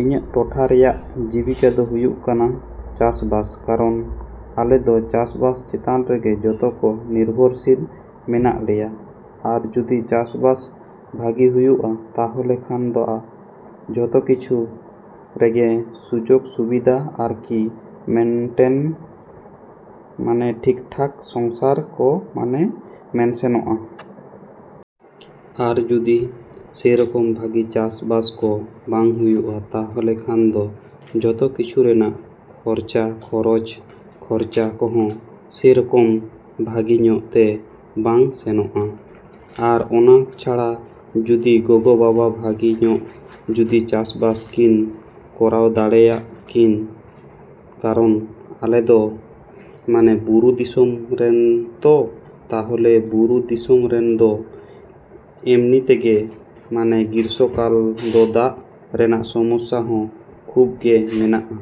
ᱤᱧᱟᱹᱜ ᱴᱚᱴᱷᱟ ᱨᱮᱭᱟᱜ ᱡᱤᱵᱤᱠᱟ ᱫᱚ ᱦᱩᱭᱩᱜ ᱠᱟᱱᱟ ᱪᱟᱥᱼᱵᱟᱥ᱾ ᱠᱟᱨᱚᱱ ᱟᱞᱮ ᱫᱚ ᱪᱟᱥᱼᱵᱟᱥ ᱪᱮᱛᱟᱱ ᱨᱮᱜᱮ ᱡᱚᱛᱚ ᱠᱚ ᱱᱤᱨᱵᱷᱚᱨᱥᱤᱞ ᱢᱮᱱᱟᱜ ᱞᱮᱭᱟ᱾ ᱟᱨ ᱡᱩᱫᱤ ᱪᱟᱥᱼᱵᱟᱥ ᱵᱷᱟᱜᱮ ᱦᱩᱭᱩᱜᱼᱟ ᱛᱟᱦᱚᱞᱮ ᱠᱷᱟᱱ, ᱫᱚ ᱡᱚᱛᱚ ᱠᱤᱪᱷᱩ ᱨᱮᱜᱮ ᱢᱟᱱᱮ ᱥᱩᱡᱳᱜᱽ ᱥᱩᱵᱤᱫᱟ ᱟᱨᱠᱤ ᱢᱮᱱᱴᱮᱱ ᱢᱟᱱᱮ ᱴᱷᱤᱠᱼᱴᱷᱟᱠ ᱥᱚᱝᱥᱟᱨ ᱠᱚ ᱢᱟᱱᱮ ᱥᱮᱱᱚᱜᱼᱟ᱾ ᱟᱨ ᱡᱩᱫᱤ ᱥᱮᱨᱚᱠᱚᱢ ᱵᱷᱟᱜᱤ ᱪᱟᱥᱼᱵᱟᱥ ᱠᱚ ᱵᱟᱝ ᱦᱩᱭᱩᱜᱼᱟ, ᱛᱟᱦᱚᱞᱮᱠᱷᱟᱱ ᱫᱚ ᱡᱚᱛᱚ ᱠᱤᱪᱷᱩ ᱨᱮᱱᱟᱜ ᱠᱷᱚᱨᱪᱟ, ᱠᱷᱚᱨᱚᱪ ᱠᱷᱚᱨᱪᱟ ᱠᱚᱦᱚᱸ ᱥᱮᱨᱚᱠᱚᱢ ᱵᱷᱟᱜᱮ ᱧᱚᱜ ᱛᱮ ᱵᱟᱝ ᱥᱮᱱᱚᱜᱼᱟ᱾ ᱟᱨ ᱚᱱᱟ ᱪᱷᱟᱲᱟ ᱡᱩᱫᱤ ᱜᱚᱜᱚᱼᱵᱟᱵᱟ ᱵᱷᱟᱜᱮ ᱧᱚᱜ ᱡᱩᱫᱤ ᱪᱟᱥᱼᱵᱟᱥ ᱠᱤᱱ ᱠᱚᱨᱟᱣ ᱫᱟᱲᱮᱭᱟᱜᱼᱟ ᱠᱤᱱ, ᱠᱟᱨᱚᱱ ᱟᱞᱮ ᱫᱚ ᱢᱟᱱᱮ ᱵᱩᱨᱩ ᱫᱤᱥᱚᱢ ᱨᱮᱱ ᱛᱚ, ᱛᱟᱦᱚᱞᱮ ᱵᱩᱨᱩ ᱫᱤᱥᱚᱢ ᱨᱮᱫᱚ ᱮᱢᱱᱤ ᱛᱮᱜᱮ ᱢᱟᱱᱮ ᱜᱨᱤᱥᱥᱚ ᱠᱟᱞ ᱫᱚ ᱫᱟᱜ ᱨᱮᱱᱟᱜ ᱥᱚᱢᱟᱥᱥᱟ ᱦᱚᱸ ᱠᱷᱩᱵᱽ ᱜᱮ ᱢᱮᱱᱟᱜᱼᱟ᱾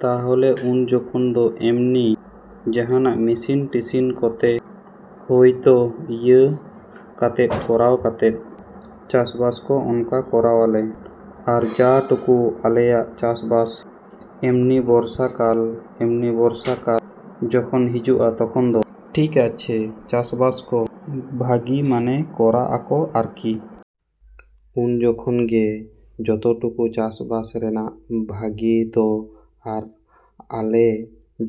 ᱛᱟᱦᱚᱞᱮ ᱩᱱ ᱡᱚᱠᱷᱚᱱ ᱫᱚ ᱮᱢᱱᱤ ᱡᱟᱦᱟᱱᱟᱜ ᱢᱮᱥᱤᱱ ᱴᱮᱥᱤᱱ ᱠᱚᱛᱮ ᱦᱳᱭᱛᱳ ᱤᱭᱟᱹ ᱠᱟᱛᱮ ᱠᱚᱨᱟᱣ ᱠᱟᱛᱮ ᱪᱟᱥᱼᱵᱟᱥ ᱠᱚ ᱚᱱᱠᱟ ᱠᱚᱨᱟᱣᱟᱞᱮ᱾ ᱟᱨ ᱡᱟ ᱴᱩᱠᱩ ᱟᱞᱮᱭᱟᱜ ᱪᱟᱥᱼᱵᱟᱥ ᱮᱢᱱᱤ ᱵᱚᱨᱥᱟ ᱠᱟᱞ, ᱵᱚᱨᱥᱟ ᱠᱟᱞ ᱡᱚᱠᱷᱚᱱ ᱦᱤᱡᱩᱜᱼᱟ, ᱛᱠᱷᱚᱱ ᱫᱚ ᱴᱷᱤᱠ ᱟᱪᱷᱮ ᱪᱟᱥᱵᱟᱥ ᱠᱚ ᱵᱷᱟᱜᱤ ᱢᱟᱱᱮ ᱠᱚᱨᱟᱣᱟᱠᱚ ᱟᱨᱠᱤ᱾ ᱩᱱ ᱡᱚᱠᱷᱚᱱ ᱜᱮ ᱡᱚᱛᱚ ᱴᱩᱠᱩ ᱪᱟᱥᱼᱵᱟᱥ ᱨᱮᱱᱟᱜ ᱵᱷᱟᱜᱮ ᱫᱚ᱾ ᱟᱨ ᱟᱞᱮ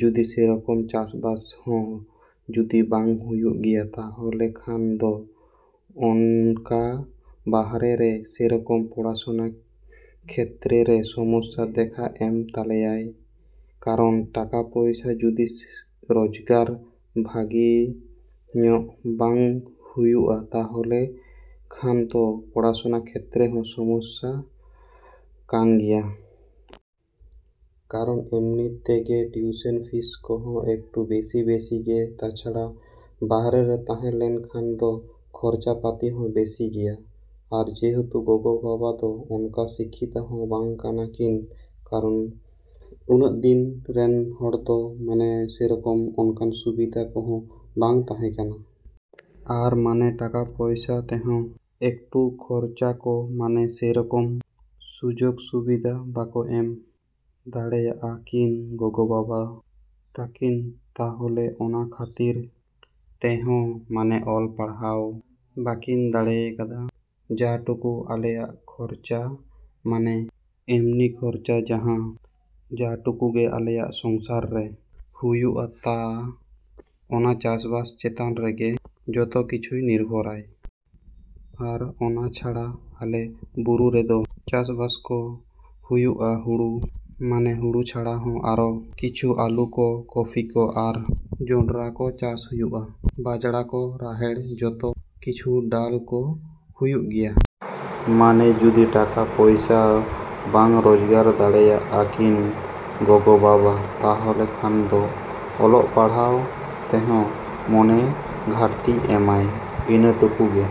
ᱡᱩᱫᱤ ᱥᱮᱨᱚᱠᱚᱢ ᱪᱟᱥᱼᱵᱟᱥ ᱦᱚᱸ ᱡᱩᱫᱤ ᱵᱟᱝ ᱦᱩᱭᱩᱜ ᱜᱮᱭᱟ, ᱛᱟᱦᱚᱞᱮᱠᱷᱟᱱ ᱫᱚ ᱚᱱᱠᱟ ᱵᱟᱭᱨᱮ ᱨᱮ ᱥᱮᱨᱚᱠᱚᱢ ᱯᱚᱲᱟᱥᱩᱱᱟ ᱠᱷᱮᱛᱛᱨᱮ ᱨᱮ ᱥᱚᱢᱚᱥᱥᱟ ᱫᱮᱠᱷᱟ ᱮᱢ ᱛᱟᱞᱮᱭᱟᱭ᱾ ᱠᱟᱨᱚᱱ ᱴᱟᱠᱟ, ᱯᱚᱭᱥᱟ ᱡᱩᱫᱤ ᱨᱳᱡᱜᱟᱨ ᱵᱷᱟᱜᱮ ᱧᱚᱜ ᱵᱟᱝ ᱦᱩᱭᱩᱜᱼᱟ ᱛᱟᱦᱚᱞᱮ ᱠᱷᱟᱱ ᱫᱚ ᱯᱚᱲᱟᱥᱩᱱᱟᱨ ᱠᱷᱮᱛᱨᱮ ᱦᱚᱸ ᱥᱚᱢᱚᱥᱥᱟ ᱠᱟᱱ ᱜᱮᱭᱟ᱾ ᱠᱟᱨᱚᱱ ᱮᱢᱱᱤ ᱛᱮᱜᱮ ᱴᱤᱭᱩᱥᱮᱱ ᱯᱷᱤᱡᱽ ᱠᱚ ᱮᱠᱴᱩ ᱵᱮᱥᱤ ᱵᱮᱥᱤ ᱜᱮ ᱛᱟᱪᱷᱟᱲᱟ ᱵᱟᱭᱨᱮ ᱨᱮ ᱛᱟᱦᱮᱞᱮᱱ ᱠᱷᱟᱱ ᱫᱚ ᱠᱷᱚᱨᱪᱟ ᱯᱟᱛᱤ ᱦᱚᱸ ᱵᱮᱥᱤᱜ ᱜᱮᱭᱟ᱾ ᱟᱨ ᱡᱮᱦᱮᱛᱩ ᱵᱟᱵᱟᱼᱜᱚᱜᱚ ᱫᱚ ᱚᱱᱠᱟᱱ ᱥᱤᱠᱠᱷᱤᱛᱚ ᱦᱚᱸ ᱵᱟᱝ ᱠᱟᱱᱟ ᱠᱤᱱ ᱠᱟᱨᱚᱱ ᱩᱱᱟᱹᱜ ᱫᱤᱱ ᱨᱮᱱ ᱦᱚᱲ ᱛᱚ ᱢᱟᱱᱮ ᱥᱮᱨᱚᱠᱚᱢ ᱚᱱᱠᱟᱱᱟᱜ ᱥᱩᱵᱤᱫᱟ ᱠᱚᱦᱚᱸ ᱵᱟᱝ ᱛᱟᱦᱮᱠᱟᱱᱟ᱾ ᱟᱨ ᱢᱟᱱᱮ ᱴᱟᱠᱟ ᱯᱚᱭᱥᱟ ᱛᱮᱦᱚᱸ ᱮᱠᱴᱩ ᱠᱷᱚᱨᱪᱟ ᱠᱚ ᱢᱟᱱᱮ ᱥᱮᱨᱚᱠᱚᱢ ᱥᱩᱡᱳᱜᱽ ᱥᱩᱵᱤᱫᱟ ᱵᱟᱠᱚ ᱮᱢ ᱫᱟᱲᱮᱭᱟᱠᱟᱜ ᱠᱤᱱ ᱜᱚᱜᱚᱼᱵᱟᱵᱟ ᱛᱟᱹᱠᱤᱱ ᱛᱟᱦᱚᱞᱮ ᱚᱱᱟ ᱠᱷᱟᱹᱛᱤᱨ ᱛᱮᱦᱚᱸ ᱢᱟᱱᱮ ᱚᱞ, ᱯᱟᱲᱦᱟᱣ ᱵᱟᱠᱤᱱ ᱫᱟᱲᱮᱭ ᱠᱟᱫᱟ᱾ ᱛᱚ, ᱡᱟ ᱴᱩᱠᱩᱜᱮ ᱟᱞᱮᱭᱟᱜ ᱠᱷᱚᱨᱪᱟ ᱢᱟᱱᱮ ᱮᱢᱱᱤ ᱠᱷᱚᱨᱪᱟᱭᱟ ᱡᱟᱦᱚᱸ, ᱡᱟ ᱴᱩᱠᱩ ᱜᱮ ᱟᱞᱮᱭᱟᱜ ᱥᱚᱝᱥᱟᱨ ᱨᱮ ᱦᱩᱭᱩᱜᱼᱟ, ᱛᱟ ᱚᱱᱟ ᱪᱟᱥᱵᱟᱥ ᱪᱮᱛᱟᱱ ᱨᱮᱜᱮ ᱡᱚᱛᱚ ᱠᱤᱪᱷᱩ ᱱᱤᱨᱵᱷᱚᱨᱟᱭ᱾ ᱟᱨ ᱚᱱᱟ ᱪᱷᱟᱲᱟ ᱟᱞᱮ ᱵᱩᱨᱩ ᱨᱮᱫᱚ ᱪᱟᱥᱼᱵᱟᱥ ᱠᱚ ᱦᱩᱭᱩᱜᱼᱟ ᱦᱳᱲᱳ, ᱢᱟᱱᱮ ᱦᱳᱲᱳ ᱪᱷᱟᱲᱟ ᱦᱚᱸ ᱟᱨᱚ ᱠᱤᱪᱷᱩ ᱟᱹᱞᱩ ᱠᱚ, ᱠᱚᱯᱤ ᱠᱚ, ᱟᱨ ᱡᱚᱱᱰᱨᱟ ᱠᱚ ᱪᱟᱥ ᱦᱩᱭᱩᱜᱼᱟ, ᱵᱟᱡᱽᱲᱟ ᱠᱚ, ᱨᱟᱦᱮᱲ, ᱡᱚᱛᱚ ᱠᱤᱪᱷᱩ ᱜᱮ ᱰᱟᱞ ᱠᱚ ᱦᱩᱭᱩᱜ ᱜᱮᱭᱟ᱾ ᱢᱟᱱᱮ ᱡᱩᱫᱤ ᱴᱟᱠᱟ, ᱯᱚᱭᱥᱟ ᱵᱟᱝ ᱨᱳᱡᱽᱜᱟᱨ ᱫᱟᱲᱮᱭᱟᱜᱼᱟ ᱠᱤᱱ ᱜᱚᱜᱚᱼᱵᱟᱵᱟ ᱛᱟᱦᱚᱞᱮ ᱠᱷᱟᱱ ᱫᱚ ᱚᱞ ᱯᱟᱲᱦᱟᱣ ᱛᱮᱦᱚᱸ ᱢᱟᱱᱮ ᱜᱷᱟᱹᱴᱛᱤ ᱮᱢᱟᱭ᱾ ᱤᱱᱟᱹ ᱴᱩᱠᱩ ᱜᱮ᱾